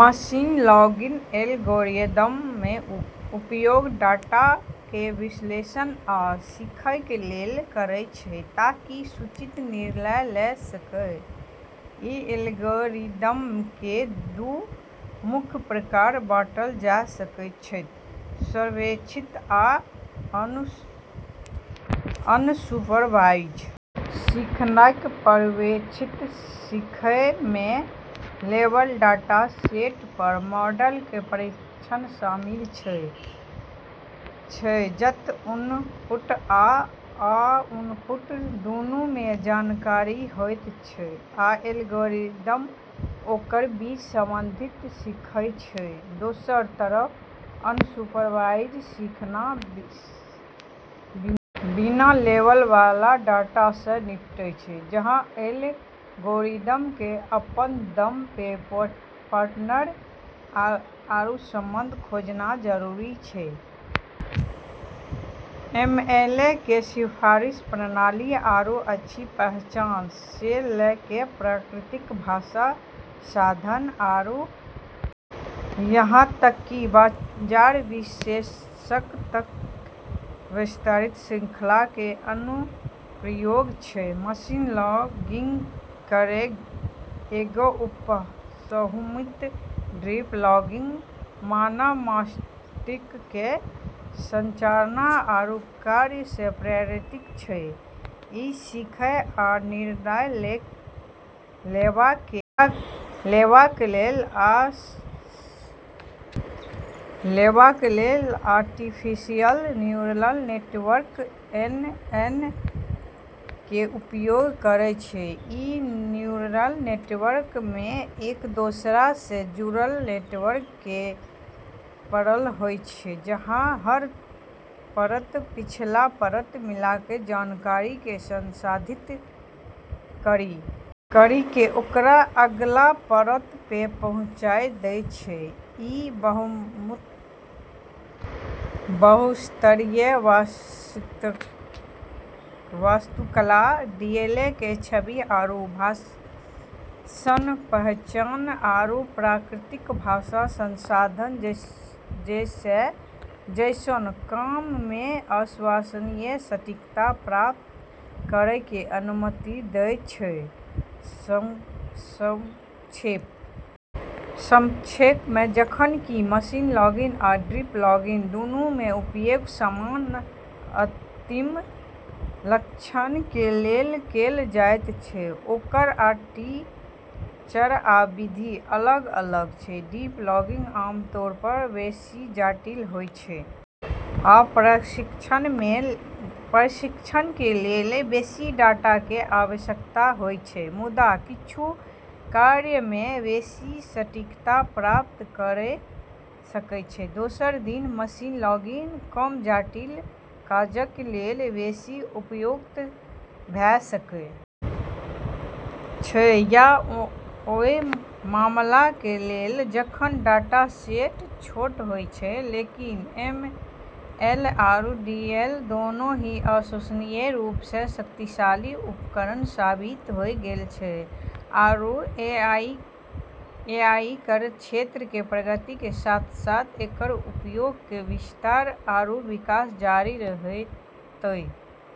Machine learning algorithm कें उपयोग data कें विश्लेषण आ सीखय कें लेल करयत छै ताकि सूचित निर्णय ले सकय, इ एल्गोरिदम कें दू मुख्य प्रकार मे बांटल जा सकय छै पर्यवेक्षित आ अनसुपरवाइज सीखनाय पर्यवेक्षित सीखय मे लेबल डाटा-सेट पर मॉडल कें प्रशिक्षण शामिल छै जत इनपुट आ आउटपुट दूनू कें जानकारी होयत छै आ एल्गोरिदम ओकर बीच संबंध सीखयत छै, दोसरऽ तरफ अनसुपरवाइज सीखना बिना लेबल वाला डाटा से निपटै छै, जहाँ एल्गोरिदम के अपनऽ दम पे पैटर्न आरू संबंध खोजना जरूरी छै, एमएल केरऽ सिफारिश प्रणाली आरू छवि पहचान स ल कै प्राकृतिक भाषा संसाधन आरू यहां तक कि बाजार विश्लेषण तक के विस्तृत श्रृंखला के अनुप्रयोग छै, मशीन लर्निंग केरऽ एगो उपसमूह डीप लर्निंग मानव मस्तिष्क केरऽ संरचना आरू कार्य स॑ प्रेरित छै, इ सीखय आ निर्णय लेवा कें लेल आर्टिफिशियल न्यूरल नेटवर्क (एनएन) कें उपयोग करय छै, ई न्यूरल नेटवर्क म॑ एक दोसरा स॑ जुड़लऽ नोड्स केरऽ परत होय छै, जहां हर परत पिछला परत स॑ मिललऽ जानकारी के संसाधित करी के ओकरा अगला परत पे पहुँचाय दै छै, ई बहुस्तरीय वास्तुकला डीएल के छवि आरू भाषण पहचान आरू प्राकृतिक भाषा संसाधन जैसनऽ काम मे अविश्वसनीय सटीकता प्राप्त करै के अनुमति दै छै, संक्षेप मे जखन कि मशीन लर्निंग आ डीप लर्निंग दूनू कें उपयोग समान अंतिम लक्ष्य कें लेल कैल जायत छै ओकर आर्किटेक्चर आ विधि अलग-अलग छै, डीप लर्निंग आमतौर पर बेसि जटिल होयत छै आ प्रशिक्षण कें लेल बेसि डाटा कें आवश्यकता होयत छै मुदा किच्छू कार्यक मे बेसि सटीकता प्राप्त कयर सकय छै दोसर दिस मशीन लर्निंग कम जटिल काजक कें लेल बेसि उपयुक्त भ सकय छै, या ओय मामलाक कें लेल जखन डाटा-सेट छोट होय छै लेकिन एमएल आरू डीएल दोनों ही अविश्वसनीय रूप से शक्तिशाली उपकरण साबित होय गेलऽ छै आरू एआई केरऽ क्षेत्र के प्रगति के साथ-साथ एकरऽ उपयोग के विस्तार आरू विकास जारी रहतै।